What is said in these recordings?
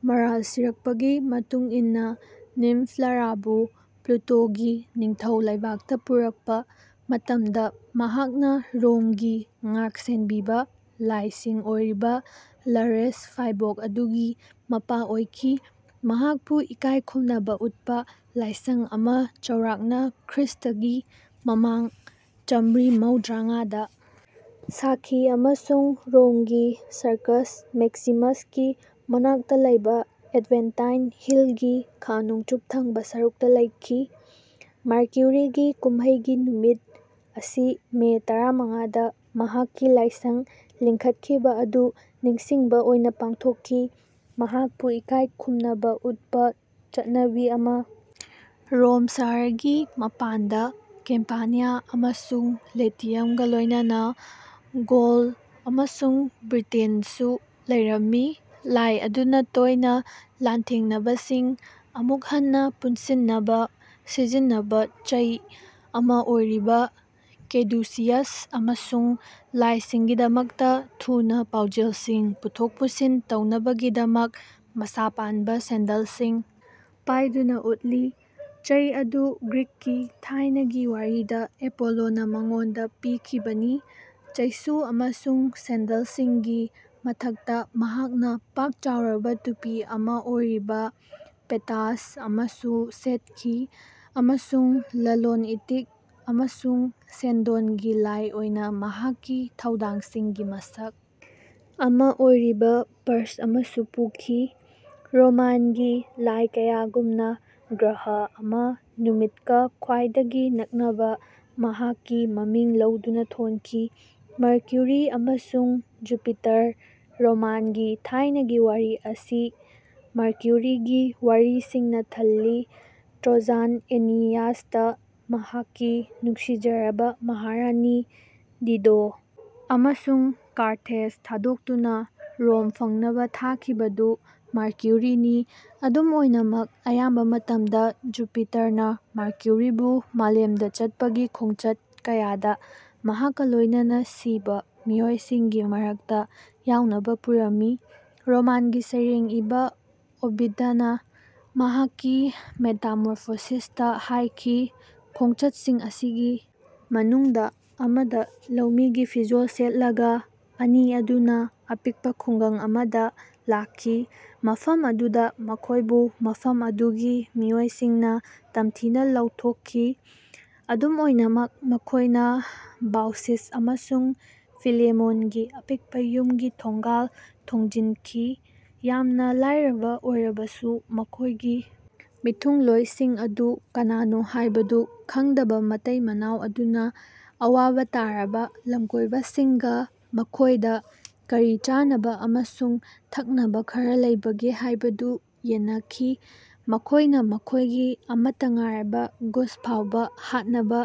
ꯃꯔꯥꯜ ꯁꯤꯔꯛꯄꯒꯤ ꯃꯇꯨꯡ ꯏꯟꯅ ꯅꯤꯝꯐ ꯂꯥꯔꯥꯕꯨ ꯄ꯭ꯂꯨꯇꯣꯒꯤ ꯅꯤꯡꯊꯧ ꯂꯩꯕꯥꯛꯇ ꯄꯨꯔꯛꯄ ꯃꯇꯝꯗ ꯃꯍꯥꯛꯅ ꯔꯣꯝꯒꯤ ꯉꯥꯛ ꯁꯦꯟꯕꯤꯕ ꯂꯥꯏꯁꯤꯡ ꯑꯣꯏꯔꯤꯕ ꯂꯥꯔꯦꯁ ꯐꯥꯏꯕꯣꯛ ꯑꯗꯨꯒꯤ ꯃꯄꯥ ꯑꯣꯏꯈꯤ꯫ ꯃꯍꯥꯛꯄꯨ ꯏꯀꯥꯏ ꯈꯨꯝꯅꯕ ꯎꯠꯄ ꯂꯥꯏꯁꯪ ꯑꯃ ꯆꯥꯎꯔꯥꯛꯅ ꯈ꯭ꯔꯤꯁ꯭ꯇꯒꯤ ꯃꯃꯥꯡ ꯆꯥꯃ꯭ꯔꯤ ꯃꯧꯗ꯭ꯔꯥꯉꯥꯗ ꯁꯥꯈꯤ ꯑꯃꯁꯨꯡ ꯔꯣꯝꯒꯤ ꯁꯔꯀꯁ ꯃꯦꯛꯁꯤꯃꯁꯀꯤ ꯃꯅꯥꯛꯇ ꯂꯩꯕ ꯑꯦꯚꯦꯟꯇꯥꯏꯟ ꯍꯤꯜꯒꯤ ꯈꯥ ꯅꯣꯡꯆꯨꯞ ꯊꯪꯕ ꯁꯔꯨꯛꯇ ꯂꯩꯈꯤ꯫ ꯃꯥꯔꯀ꯭ꯌꯨꯔꯤꯒꯤ ꯀꯨꯝꯍꯩꯒꯤ ꯅꯨꯃꯤꯠ ꯑꯁꯤ ꯃꯦ ꯇꯔꯥꯃꯉꯥꯗ ꯃꯍꯥꯛꯀꯤ ꯂꯥꯏꯁꯪ ꯂꯤꯡꯈꯠꯈꯤꯕ ꯑꯗꯨ ꯅꯤꯡꯁꯤꯡꯕ ꯑꯣꯏꯅ ꯄꯥꯡꯊꯣꯛꯈꯤ꯫ ꯃꯍꯥꯛꯄꯨ ꯏꯀꯥꯏ ꯈꯨꯝꯅꯕ ꯎꯠꯄ ꯆꯠꯅꯕꯤ ꯑꯃ ꯔꯣꯝ ꯁꯍꯔꯒꯤ ꯃꯄꯥꯟꯗ ꯀꯦꯝꯄꯥꯅꯤꯌꯥ ꯑꯃꯁꯨꯡ ꯂꯦꯇꯤꯌꯝꯒ ꯂꯣꯏꯅꯅ ꯒꯧꯜ ꯑꯃꯁꯨꯡ ꯕ꯭ꯔꯤꯇꯦꯟꯗꯁꯨ ꯂꯩꯔꯝꯃꯤ꯫ ꯂꯥꯏ ꯑꯗꯨꯅ ꯇꯣꯏꯅ ꯂꯥꯟꯊꯦꯡꯅꯕꯁꯤꯡ ꯑꯃꯨꯛ ꯍꯟꯅ ꯄꯨꯟꯁꯤꯟꯅꯕ ꯁꯤꯖꯤꯟꯅꯕ ꯆꯩ ꯑꯃ ꯑꯣꯏꯔꯤꯕ ꯀꯦꯗꯨꯁꯤꯌꯁ ꯑꯃꯁꯨꯡ ꯂꯥꯏꯁꯤꯡꯒꯤꯗꯃꯛꯇ ꯊꯨꯅ ꯄꯥꯎꯖꯦꯜꯁꯤꯡ ꯄꯨꯊꯣꯛ ꯄꯨꯁꯤꯟ ꯇꯧꯅꯕꯒꯤꯗꯃꯛ ꯃꯁꯥ ꯄꯥꯟꯕ ꯁꯦꯟꯗꯜꯁꯤꯡ ꯄꯥꯏꯗꯨꯅ ꯎꯠꯂꯤ꯫ ꯆꯩ ꯑꯗꯨ ꯒ꯭ꯔꯤꯛꯀꯤ ꯊꯥꯏꯅꯒꯤ ꯋꯥꯔꯤꯗ ꯑꯦꯄꯣꯂꯣꯅ ꯃꯉꯣꯟꯗ ꯄꯤꯈꯤꯕꯅꯤ꯫ ꯆꯩꯁꯨ ꯑꯃꯁꯨꯡ ꯁꯦꯟꯗꯜꯁꯤꯡꯒꯤ ꯃꯊꯛꯇ ꯃꯍꯥꯛꯅ ꯄꯥꯛ ꯆꯥꯎꯔꯕ ꯇꯨꯄꯤ ꯑꯃ ꯑꯣꯏꯔꯤꯕ ꯄꯦꯇꯥꯁꯁ ꯑꯃꯁꯨ ꯁꯦꯠꯈꯤ ꯑꯃꯁꯨꯡ ꯂꯂꯣꯟ ꯏꯇꯤꯛ ꯑꯃꯁꯨꯡ ꯁꯦꯟꯗꯣꯡꯒꯤ ꯂꯥꯏ ꯑꯣꯏꯅ ꯃꯍꯥꯛꯀꯤ ꯊꯧꯗꯥꯡꯁꯤꯡꯒꯤ ꯃꯁꯛ ꯑꯃ ꯑꯣꯏꯔꯤꯕ ꯄꯔ꯭ꯁ ꯑꯃꯁꯨ ꯄꯨꯈꯤ꯫ ꯔꯣꯃꯥꯟꯒꯤ ꯂꯥꯏ ꯀꯌꯥꯒꯨꯝꯅ ꯒ꯭ꯔꯍ ꯑꯃ ꯅꯨꯃꯤꯠꯀ ꯈ꯭ꯋꯥꯏꯗꯒꯤ ꯅꯛꯅꯕ ꯃꯍꯥꯛꯀꯤ ꯃꯃꯤꯡ ꯂꯧꯗꯨꯅ ꯊꯣꯟꯈꯤ꯫ ꯃꯔꯀ꯭ꯌꯨꯔꯤ ꯑꯃꯁꯨꯡ ꯖꯨꯄꯤꯇꯔ ꯔꯣꯃꯥꯟꯒꯤ ꯊꯥꯏꯅꯒꯤ ꯋꯥꯔꯤ ꯑꯁꯤ ꯃꯔꯀ꯭ꯌꯨꯔꯤꯒꯤ ꯋꯥꯔꯤꯁꯤꯡꯅ ꯊꯜꯂꯤ꯫ ꯇ꯭ꯔꯣꯖꯥꯟ ꯑꯦꯅꯤꯌꯥꯁꯇ ꯃꯍꯥꯛꯀꯤ ꯅꯨꯡꯁꯤꯖꯔꯕ ꯃꯍꯥꯔꯥꯅꯤ ꯗꯤꯗꯣ ꯑꯃꯁꯨꯡ ꯀꯥꯔꯊꯦꯖ ꯊꯥꯗꯣꯛꯇꯨꯅ ꯔꯣꯝ ꯐꯪꯅꯕ ꯊꯥꯈꯤꯕꯗꯨ ꯃꯥꯔꯀ꯭ꯌꯨꯔꯤꯅꯤ꯫ ꯑꯗꯨꯝ ꯑꯣꯏꯅꯃꯛ ꯑꯌꯥꯝꯕ ꯃꯇꯝꯗ ꯖꯨꯄꯤꯇꯔꯅ ꯃꯥꯔꯀ꯭ꯌꯨꯔꯤꯕꯨ ꯃꯥꯂꯦꯝꯗ ꯆꯠꯄꯒꯤ ꯈꯣꯡꯆꯠ ꯀꯌꯥꯗ ꯃꯍꯥꯛꯀ ꯂꯣꯏꯅꯅ ꯁꯤꯕ ꯃꯤꯑꯣꯏꯁꯤꯡꯒꯤ ꯃꯔꯛꯇ ꯌꯥꯎꯅꯕ ꯄꯨꯔꯝꯃꯤ꯫ ꯔꯣꯃꯥꯟꯒꯤ ꯁꯩꯔꯦꯡ ꯏꯕ ꯑꯣꯕꯤꯗꯅ ꯃꯍꯥꯛꯀꯤ ꯃꯦꯇꯥꯃꯣꯔꯐꯣꯁꯤꯁꯇ ꯍꯥꯏꯈꯤ ꯈꯣꯡꯆꯠꯁꯤꯡ ꯑꯁꯤꯒꯤ ꯃꯅꯨꯡꯗ ꯑꯃꯗ ꯂꯧꯃꯤꯒꯤ ꯐꯤꯖꯣꯜ ꯁꯦꯠꯂꯒ ꯑꯅꯤ ꯑꯗꯨꯅ ꯑꯄꯤꯛꯄ ꯈꯨꯡꯒꯪ ꯑꯃꯗ ꯂꯥꯛꯈꯤ ꯃꯐꯝ ꯑꯗꯨꯗ ꯃꯈꯣꯏꯕꯨ ꯃꯐꯝ ꯑꯗꯨꯒꯤ ꯃꯤꯑꯣꯏꯁꯤꯡꯅ ꯇꯝꯊꯤꯅ ꯂꯧꯊꯣꯛꯈꯤ꯫ ꯑꯗꯨꯝ ꯑꯣꯏꯅꯃꯛ ꯃꯈꯣꯏꯅ ꯕꯥꯎꯁꯤꯁ ꯑꯃꯁꯨꯡ ꯐꯤꯂꯦꯃꯣꯟꯒꯤ ꯑꯄꯤꯛꯄ ꯌꯨꯝꯒꯤ ꯊꯣꯡꯒꯥꯜ ꯊꯣꯡꯖꯤꯟꯈꯤ꯫ ꯌꯥꯝꯅ ꯂꯥꯏꯔꯕ ꯑꯣꯏꯔꯕꯁꯨ ꯃꯈꯣꯏꯒꯤ ꯃꯤꯊꯨꯡꯂꯣꯏꯁꯤꯡ ꯑꯗꯨ ꯀꯅꯥꯅꯣ ꯍꯥꯏꯕꯗꯨ ꯈꯪꯗꯕ ꯃꯇꯩ ꯃꯅꯥꯎ ꯑꯗꯨꯅ ꯑꯋꯥꯕ ꯇꯥꯔꯕ ꯂꯝꯀꯣꯏꯕꯁꯤꯡꯒ ꯃꯈꯣꯏꯗ ꯀꯔꯤ ꯆꯥꯅꯕ ꯑꯃꯁꯨꯡ ꯊꯛꯅꯕ ꯈꯔ ꯂꯩꯕꯒꯦ ꯍꯥꯏꯕꯗꯨ ꯌꯦꯟꯅꯈꯤ꯫ ꯃꯈꯣꯏꯅ ꯃꯈꯣꯏꯒꯤ ꯑꯃꯠꯇ ꯉꯥꯏꯔꯕ ꯒꯨꯁ ꯐꯥꯎꯕ ꯍꯥꯠꯅꯕ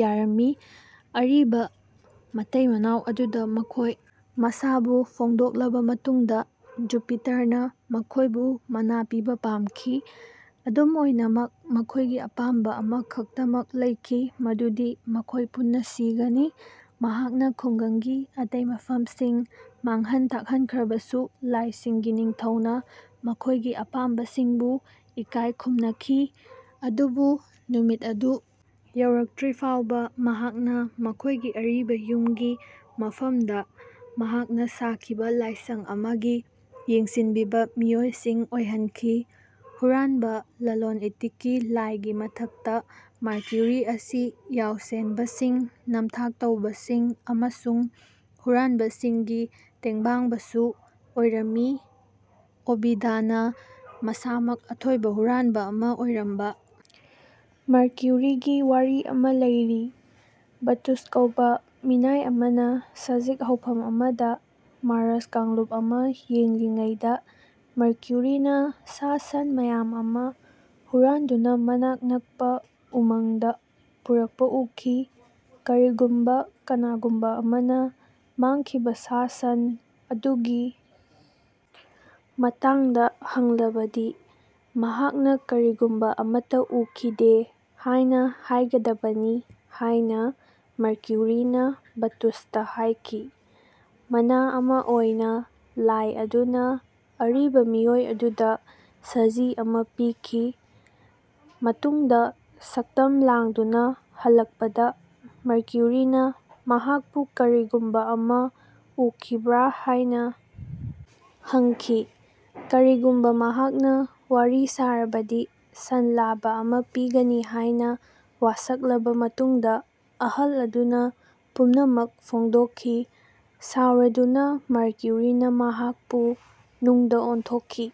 ꯌꯥꯔꯝꯃꯤ꯫ ꯑꯔꯤꯕ ꯃꯇꯩ ꯃꯅꯥꯎ ꯑꯗꯨꯗ ꯃꯈꯣꯏ ꯃꯁꯥꯕꯨ ꯐꯣꯡꯗꯣꯛꯂꯕ ꯃꯇꯨꯡꯗ ꯖꯨꯄꯤꯇꯔꯅ ꯃꯈꯣꯏꯕꯨ ꯃꯅꯥ ꯄꯤꯕ ꯄꯥꯝꯈꯤ꯫ ꯑꯗꯨꯝ ꯑꯣꯏꯅꯃꯛ ꯃꯈꯣꯏꯒꯤ ꯑꯄꯥꯝꯕ ꯑꯃꯈꯛꯇꯃꯛ ꯂꯩꯈꯤ ꯃꯗꯨꯗꯤ ꯃꯈꯣꯏ ꯄꯨꯟꯅ ꯁꯤꯒꯅꯤ꯫ ꯃꯍꯥꯛꯅ ꯈꯨꯡꯒꯪꯒꯤ ꯑꯇꯩ ꯃꯐꯝꯁꯤꯡ ꯃꯥꯡꯍꯟ ꯇꯥꯛꯍꯟꯈ꯭ꯔꯕꯁꯨ ꯂꯥꯏꯁꯤꯡꯒꯤ ꯅꯤꯡꯊꯧꯅ ꯃꯈꯣꯏꯒꯤ ꯑꯄꯥꯝꯕꯁꯤꯡꯕꯨ ꯏꯀꯥꯏ ꯈꯨꯝꯅꯈꯤ ꯑꯗꯨꯕꯨ ꯅꯨꯃꯤꯠ ꯑꯗꯨ ꯌꯧꯔꯛꯇ꯭ꯔꯤꯐꯥꯎꯕ ꯃꯍꯥꯛꯅ ꯃꯈꯣꯏꯒꯤ ꯑꯔꯤꯕ ꯌꯨꯝꯒꯤ ꯃꯐꯝꯗ ꯃꯍꯥꯛꯅ ꯁꯥꯈꯤꯕ ꯂꯥꯏꯁꯪ ꯑꯃꯒꯤ ꯌꯦꯡꯁꯤꯟꯕꯤꯕ ꯃꯤꯑꯣꯏꯁꯤꯡ ꯑꯣꯏꯍꯟꯈꯤ꯫ ꯍꯨꯔꯥꯟꯕ ꯂꯂꯣꯟ ꯏꯇꯤꯛꯀꯤ ꯂꯥꯏꯒꯤ ꯃꯊꯛꯇ ꯃꯥꯔꯀ꯭ꯌꯨꯔꯤ ꯑꯁꯤ ꯌꯥꯎꯁꯦꯟꯕꯁꯤꯡ ꯅꯝꯊꯥꯛ ꯇꯧꯕꯁꯤꯡ ꯑꯃꯁꯨꯡ ꯍꯨꯔꯥꯟꯕꯁꯤꯡꯒꯤ ꯇꯦꯡꯕꯥꯡꯕꯁꯨ ꯑꯣꯏꯔꯝꯃꯤ꯫ ꯑꯣꯚꯤꯗꯅ ꯃꯁꯥꯃꯛ ꯑꯊꯣꯏꯕ ꯍꯨꯔꯥꯟꯕ ꯑꯃꯥ ꯑꯣꯏꯔꯝꯕ ꯃꯔꯀ꯭ꯌꯨꯔꯤꯒꯤ ꯋꯥꯔꯤ ꯑꯃ ꯂꯤꯔꯤ꯫ ꯕꯠꯇꯨꯁ ꯀꯧꯕ ꯃꯤꯅꯥꯏ ꯑꯃꯅ ꯁꯖꯤꯛ ꯍꯧꯐꯝ ꯑꯃꯗ ꯃꯥꯔ꯭ꯁ ꯀꯥꯡꯂꯨꯞ ꯑꯃ ꯌꯦꯡꯂꯤꯉꯩꯗ ꯃꯔꯀ꯭ꯌꯨꯔꯤꯅ ꯁꯥ ꯁꯟ ꯃꯌꯥꯝ ꯑꯃ ꯍꯨꯔꯥꯟꯗꯨꯅ ꯃꯅꯥꯛ ꯅꯛꯄ ꯎꯃꯪꯗ ꯄꯨꯔꯛꯄ ꯎꯈꯤ꯫ ꯀꯔꯤꯒꯨꯝꯕ ꯀꯅꯥꯒꯨꯝꯕ ꯑꯃꯅ ꯃꯥꯡꯈꯤꯕ ꯁꯥ ꯁꯟ ꯑꯗꯨꯒꯤ ꯃꯇꯥꯡꯗ ꯍꯪꯂꯕꯗꯤ ꯃꯍꯥꯛꯅ ꯀꯔꯤꯒꯨꯝꯕ ꯑꯃꯠꯇ ꯎꯈꯤꯗꯦ ꯍꯥꯏꯅ ꯍꯥꯏꯒꯗꯕꯅꯤ ꯍꯥꯏꯅ ꯃꯥꯔꯀ꯭ꯌꯨꯔꯤꯅ ꯕꯠꯇꯨꯁꯇ ꯍꯥꯏꯈꯤ꯫ ꯃꯅꯥ ꯑꯃ ꯑꯣꯏꯅ ꯂꯥꯏ ꯑꯗꯨꯅ ꯑꯔꯤꯕ ꯃꯤꯑꯣꯏ ꯑꯗꯨꯗ ꯁꯖꯤ ꯑꯃ ꯄꯤꯈꯤ꯫ ꯃꯇꯨꯡꯗ ꯁꯛꯇꯝ ꯂꯥꯡꯗꯨꯅ ꯍꯜꯂꯛꯄꯗ ꯃꯔꯀ꯭ꯌꯨꯔꯤꯅ ꯃꯍꯥꯛꯄꯨ ꯀꯔꯤꯒꯨꯝꯕ ꯑꯃ ꯎꯈꯤꯕ꯭ꯔꯥ ꯍꯥꯏꯅ ꯍꯪꯈꯤ꯫ ꯀꯔꯤꯒꯨꯝꯕ ꯃꯍꯥꯛꯅ ꯋꯥꯔꯤ ꯁꯥꯔꯕꯗꯤ ꯁꯟ ꯂꯥꯕ ꯑꯃ ꯄꯤꯒꯅꯤ ꯍꯥꯏꯅ ꯋꯥꯁꯛꯂꯕ ꯃꯇꯨꯡꯗ ꯑꯍꯜ ꯑꯗꯨꯅ ꯄꯨꯝꯅꯃꯛ ꯐꯣꯡꯗꯣꯛꯈꯤ꯫ ꯁꯥꯎꯔꯗꯨꯅ ꯃꯔꯀ꯭ꯌꯨꯔꯤꯅ ꯃꯍꯥꯛꯄꯨ ꯅꯨꯡꯗ ꯑꯣꯟꯊꯣꯛꯈꯤ꯫